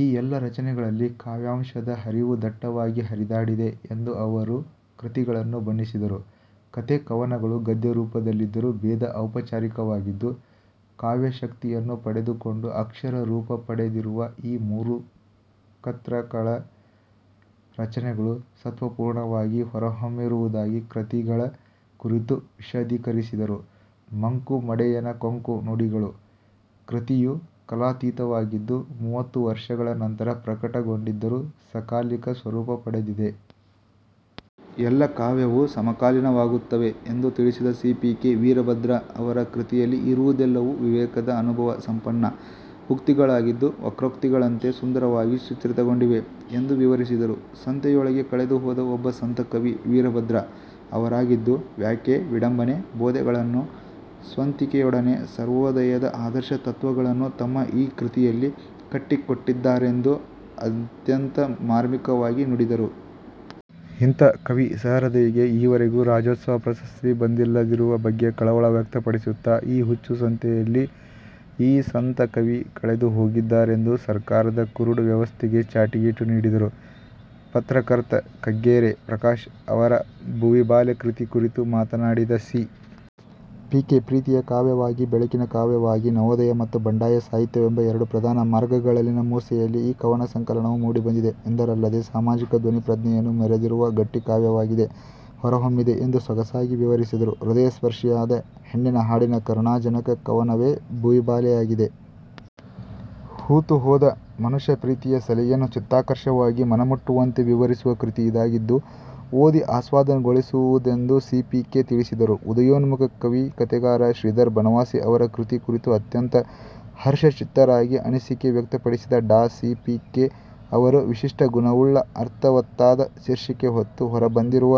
ಈ ಎಲ್ಲ ರಚನೆಗಳಲ್ಲಿ ಕಾವ್ಯಾಂಶದ ಹರಿವು ದಟ್ಟವಾಗಿ ಹರಿದಾಡಿದೆ ಎಂದು ಅವರು ಕೃತಿಗಳನ್ನು ಬಣ್ಣಿಸಿದರು. ಕಥೆ ಕವನಗಳು ಗದ್ಯರೂಪದಲ್ಲಿದ್ದರೂ ಭೇದ ಔಪಚಾರಿಕವಾಗಿದ್ದು ಕಾವ್ಯಶಕ್ತಿಯನ್ನು ಪಡೆದುಕೊಂಡು ಅಕ್ಷರ ರೂಪ ಪಡೆದಿರುವ ಈ ಮೂರು ಕತೃಗಳ ರಚನೆಗಳು ಸತ್ವಪೂರ್ಣವಾಗಿ ಹೊರಹೊಮ್ಮಿರುವುದಾಗಿ ಕೃತಿಗಳ ಕುರಿತು ವಿಷಧೀಕರಿಸಿದರು. 'ಮಂಕು ಮಡೆಯನ ಕೊಂಕು ನುಡಿಗಳು' ಕೃತಿಯು ಕಾಲಾತೀತವಾಗಿದ್ದು ಮುವತ್ತು ವರ್ಷಗಳ ನಂತರ ಪ್ರಕಟಗೊಂಢಿದ್ದರೂ ಸಕಾಲಿಕ ಸ್ವರೂಪ ಪಡೆದಿದೆ. ಎಲ್ಲ ಕಾವ್ಯವೂ ಸಮಕಾಲೀನವಾಗುತ್ತವೆ ಎಂದು ತಿಳಿಸಿದ ಸಿ. ಪಿ. ಕೆ ವೀರಭದ್ರ ಅವರ ಕೃತಿಯಲ್ಲಿ ಇರುವುದೆಲ್ಲವೂ ವೀವೇಕದ ಅನುಭವ ಸಂಪನ್ನ ಉಕ್ತಿಗಳಾಗಿದ್ದು ವಕ್ರೋಕ್ತಿಗಳಂತೆ ಸುಂದರವಾಗಿ ಚಿತ್ರಿತಗೊಂಡಿವೆ ಎಂದು ವಿವರಿಸಿದರು. ಸಂತೆಯೊಳಗೆ ಕಳೆದು ಹೋದ ಒಬ್ಬ ಸಂತ ಕವಿ 'ವೀರಭದ್ರ' ಅವರಾಗಿದ್ದು ವ್ಯಾಖ್ಯೆ, ವಿಡಂಬನೆ, ಬೋಧೆಗಳನ್ನು ಸ್ವಂತಿಕೆಯೊಡನೆ, ಸರ್ವೋದಯದ ಆದರ್ಶ ತತ್ವಗಳನ್ನು ತಮ್ಮ ಈ ಕೃತಿಯಲ್ಲಿ ಕಟ್ಟಿಕೊಟ್ಟಿದ್ದಾರೆಂದು ಅತ್ಯಂತ ಮಾರ್ಮಿಕವಾಗಿ ನುಡಿದರು. ಇಂಥ ಕವಿ ಸಹೃದಯಿಗೆ ಈವರೆಗೂ ರಾಜ್ಯೋತ್ಸವ ಪ್ರಶಸ್ತಿ ಬಂದಿಲ್ಲದಿರುವ ಬಗ್ಗೆ ಕಳವಳ ವ್ಯಕ್ತಪಡಿಸುತ್ತಾ ಈ ಹುಚ್ಚು ಸಂತೆಯಲ್ಲಿ ಈ ಸಂತ ಕವಿ ಕಳೆದು ಹೋಗಿದ್ದಾರೆಂದು ಸರ್ಕಾರದ ಕುರುಡು ವ್ಯವಸ್ಥೆಗೆ ಛಾಟಿ ಏಟು ನೀಡಿದರು. ಪತ್ರಕರ್ತ ಕಗ್ಗೆರೆ ಪ್ರಕಾಶ್ ಅವರ ಭುವಿಬಾಲೆ ಕೃತಿ ಕುರಿತು ಮಾತನಾಡಿದ ಸಿ. ಪಿ. ಕೆ, ಪ್ರೀತಿಯ ಕಾವ್ಯವಾಗಿ, ಬೆಳಕಿನ ಕಾವ್ಯವಾಗಿ ನವೋದಯ ಮತ್ತು ಬಂಡಾಯ ಸಾಹಿತ್ಯವೆಂಬ ಎರಡು ಪ್ರಧಾನ ಮಾರ್ಗಗಳಲ್ಲಿನ ಮೂಸೆಯಲ್ಲಿ ಈ ಕವನ ಸಂಕಲನವು ಮೂಡಿಬಂದಿದೆ ಎಂದರಲ್ಲದೇ ಸಾಮಾಜಿಕ ಧ್ವನಿ ಪ್ರಜ್ಞೆಯನ್ನು ಮೆರೆದಿರುವ ಗಟ್ಟಿಕಾವ್ಯವಾಗಿದೆ ಹೊರಹೊಮ್ಮಿದೆ ಎಂದು ಸೊಗಸಾಗಿ ವಿವರಿಸಿದರು. ಹೃದಯಸ್ಪರ್ಷಿಯಾದ ಹೆಣ್ಣಿನ ಹಾಡಿನ ಕರುಣಾ ಜನಕ ಕವನವೇ ಭುವಿಬಾಲೆಯಾಗಿದೆ. ಹೂತು ಹೋದ ಮನುಷ್ಯ ಪ್ರೀತಿಯ ಸೆಲೆಯನ್ನು ಚಿತ್ತಾಕರ್ಷಕವಾಗಿ ಮನಮುಟ್ಟುವಂತೆ ವಿವರಿಸುವ ಕೃತಿ ಇದಾಗಿದ್ದು ಓದಿ ಆಸ್ವಾದನಗೊಳಿಸುವುದೆಂದು ಸಿ. ಪಿ. ಕೆ ತಿಳಿಸಿದರು. ಉದಯೋನ್ಮುಖ ಕವಿ, ಕಥೆಗಾರ ಶ್ರೀಧರ ಬನವಾಸಿ ಅವರ ಕೃತಿ ಕುರಿತು ಅತ್ಯಂತ ಹರ್ಷಚಿತ್ತರಾಗಿ ಅನಿಸಿಕೆ ವ್ಯಕ್ತಪಡಿಸಿದ ಡಾ ಸಿ. ಪಿ. ಕೆ. ಅವರು ವಿಶಿಷ್ಟ ಗುಣವುಳ್ಳ ಅರ್ಥವತ್ತಾದ ಶೀರ್ಷಿಕೆ ಹೊತ್ತು ಹೊರಬಂದಿರುವ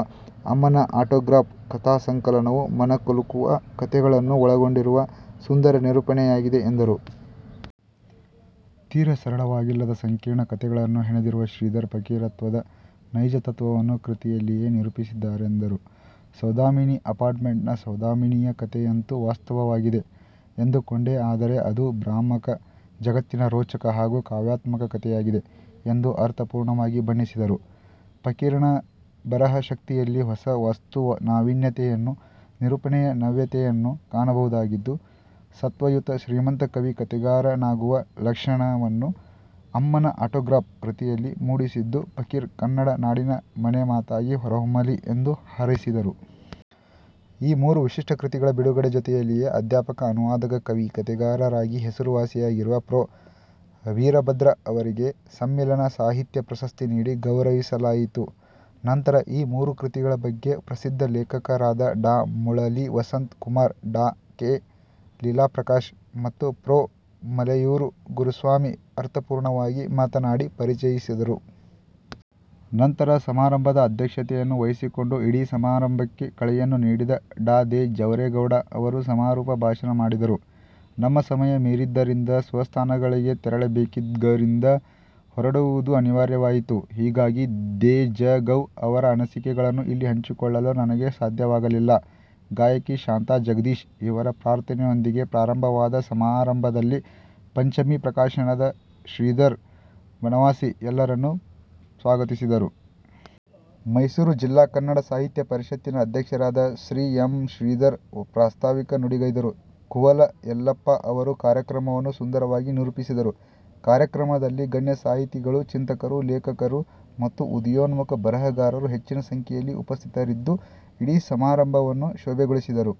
"ಅಮ್ಮನ ಆಟೋಗ್ರಾಫ್" ಕಥಾ ಸಂಕಲನವು ಮನಕಲುಕುವ ಕಥೆಗಳನ್ನು ಒಳಗೊಂಡಿರುವ ಸುಂದರ ನಿರೂಪಣೆಯಾಗಿದೆ ಎಂದರು. ತೀರ ಸರಳವಾಗಿಲ್ಲದ ಸಂಕೀರ್ಣ ಕಥೆಗಳನ್ನು ಹೆಣೆದಿರುವ ಶ್ರೀಧರ್ 'ಫಕೀರತ್ವ"ದ ನೈಜ ತತ್ವವನ್ನು ಕೃತಿಯಲ್ಲಿಯೇ ನಿರೂಪಿಸಿದ್ದಾರೆಂದರು. ಸೌಧಾಮಿನಿ ಅಪಾರ್ಟಮೆಂಟ್ ನ'ಸೌಧಾಮಿನಿಯ ಕಥೆಯಂತೂ ವಾಸ್ತವವಾಗಿದೆ ಎಂದುಕೊಂಡೆ, ಆದರೆ ಅದು ಭ್ರಾಮಕ ಜಗತ್ತಿನ ರೋಚಕ ಹಾಗೂ ಕಾವ್ಯಾತ್ಮಕ ಕಥೆಯಾಗಿದೆ' ಎಂದು ಅರ್ಥಪೂರ್ಣವಾಗಿ ಬಣ್ಣಿಸಿದರು. ಫಕೀರನ ಬರಹ ಶಕ್ತಿಯಲ್ಲಿ ಹೊಸ ವಸ್ತು ನಾವಿನ್ಯತೆಯನ್ನೂ ನಿರೂಪಣೆಯ ನವ್ಯತೆಯನ್ನೂ ಕಾಣಬಹುದಾಗಿದ್ದು ಸತ್ವಯುತ ಶ್ರೀಮಂತ ಕವಿ ಕಥೆಗಾರನಾಗುವ ಲಕ್ಷಣವನ್ನು "ಅಮ್ಮನ ಆಟೋಗ್ರಾಫ್" ಕೃತಿಯಲ್ಲಿ ಮೂಡಿಸಿದ್ದು ಫಕೀರ ಕನ್ನಡ ನಾಡಿನ ಮನೆಮಾತಾಗಿ ಹೊರಹೊಮ್ಮಲಿ ಎಂದು ಹಾರೈಸಿದರು. ಈ ಮೂರು ವಿಶಿಷ್ಟ ಕೃತಿಗಳ ಬಿಡುಗಡೆ ಜೊತೆಯಲ್ಲಿಯೇ ಅಧ್ಯಾಪಕ, ಅನುವಾದಕ, ಕವಿ, ಕಥೆಗಾರರಾಗಿ ಹೆಸರುವಾಸಿಯಾಗಿರುವ ಪ್ರೋ. ವೀರಭದ್ರ ಅವರಿಗೆ "ಸಮ್ಮಿಲನ ಸಾಹಿತ್ಯ ಪ್ರಶಸ್ತಿ"ನೀಡಿ ಗೌರವಿಸಲಾಯಿತು. ನಂತರ ಈ ಮೂರೂ ಕೃತಿಗಳ ಬಗ್ಗೆ ಪ್ರಸಿದ್ದ ಲೇಖಕರಾದ ಡಾ ಮಳಲಿ ವಸಂತ ಕುಮಾರ್, ಡಾ ಕೆ. ಲೀಲಾ ಪ್ರಕಾಶ್ ಮತ್ತು ಪ್ರೋ. ಮಲೆಯೂರು ಗುರುಸ್ವಾಮಿ ಅರ್ಥಪೂರ್ಣವಾಗಿ ಮಾತನಾಡಿ ಪರಿಚಯಿಸಿದರು. ನಂತರ ಸಮಾರಂಭದ ಅಧ್ಯಕ್ಷತೆಯನ್ನು ವಹಿಸಿಕೊಂಡು ಇಡೀ ಸಮಾರಂಭಕ್ಕೆ ಕಳೆಯನ್ನು ನೀಡಿದ ಡಾ ದೇ. ಜವರೇ ಗೌಡ ಅವರು ಸಮಾರೋಪ ಭಾಷಣ ಮಾಡಿದರು. ನಮ್ಮ ಸಮಯ ಮೀರಿದ್ದರಿಂದ ಸ್ವಸ್ಥಾನಗಳಿಗೆ ತೆರಳಬೇಕಿದ್ಗರಿಂದ ಹೊರಡುವುದು ಅನಿವಾರ್ಯವಾಯಿತು. ಹೀಗಾಗಿ ದೇಜಗೌ ಅವರ ಅನಿಸಿಕೆಗಳನ್ನು ಇಲ್ಲಿ ಹಂಚಿಕೊಳ್ಲಲು ನನಗೆ ಸಾಧ್ಯವಾಗಿಲ್ಲ. ಗಾಯಕಿ ಶಾಂತಾ ಜಗದೀಶ್ ಇವರ ಪ್ರಾರ್ಥನೆಯೊಂದಿಗೆ ಪ್ರಾರಂಭವಾದ ಸಮಾರಂಭದಲ್ಲಿ ಪಂಚಮಿ ಪ್ರಕಾಶನದ ಶ್ರೀಧರ್ ಬನವಾಸಿ ಎಲ್ಲರನ್ನೂ ಸ್ವಾಗತಿಸಿದರು. ಮೈಸೂರು ಜಿಲ್ಲಾ ಕನ್ನಡ ಸಾಹಿತ್ಯ ಪರಿಷತ್ತಿನ ಅಧ್ಯಕ್ಷರಾದ ಶ್ರೀ ಎಮ್ ಶ್ರೀಧರ್ ಪ್ರಾಸ್ತಾವಿಕ ನುಡಿಗೈದರು. ಕುವಲ ಯಲ್ಲಪ್ಪ ಅವರು ಕಾರ್ಯಕ್ರಮವನ್ನು ಸುಂದರವಾಗಿ ನಿರೂಪಿಸಿದರು. ಕಾರ್ಯಕ್ರಮದಲ್ಲಿ ಗಣ್ಯ ಸಾಹಿತಿಗಳು, ಚಿಂತಕರು, ಲೇಖಕರು ಮತ್ತು ಉದಯೋನ್ಮುಖ ಬರಹಗಾರರು ಹೆಚ್ಚಿನ ಸಂಖ್ಯೆಯಲ್ಲಿ ಉಪಸ್ಥಿತರಿದ್ದು ಇಡೀ ಸಮಾರಂಭವನ್ನು ಶೋಭೆಗೊಳಿಸಿದರು.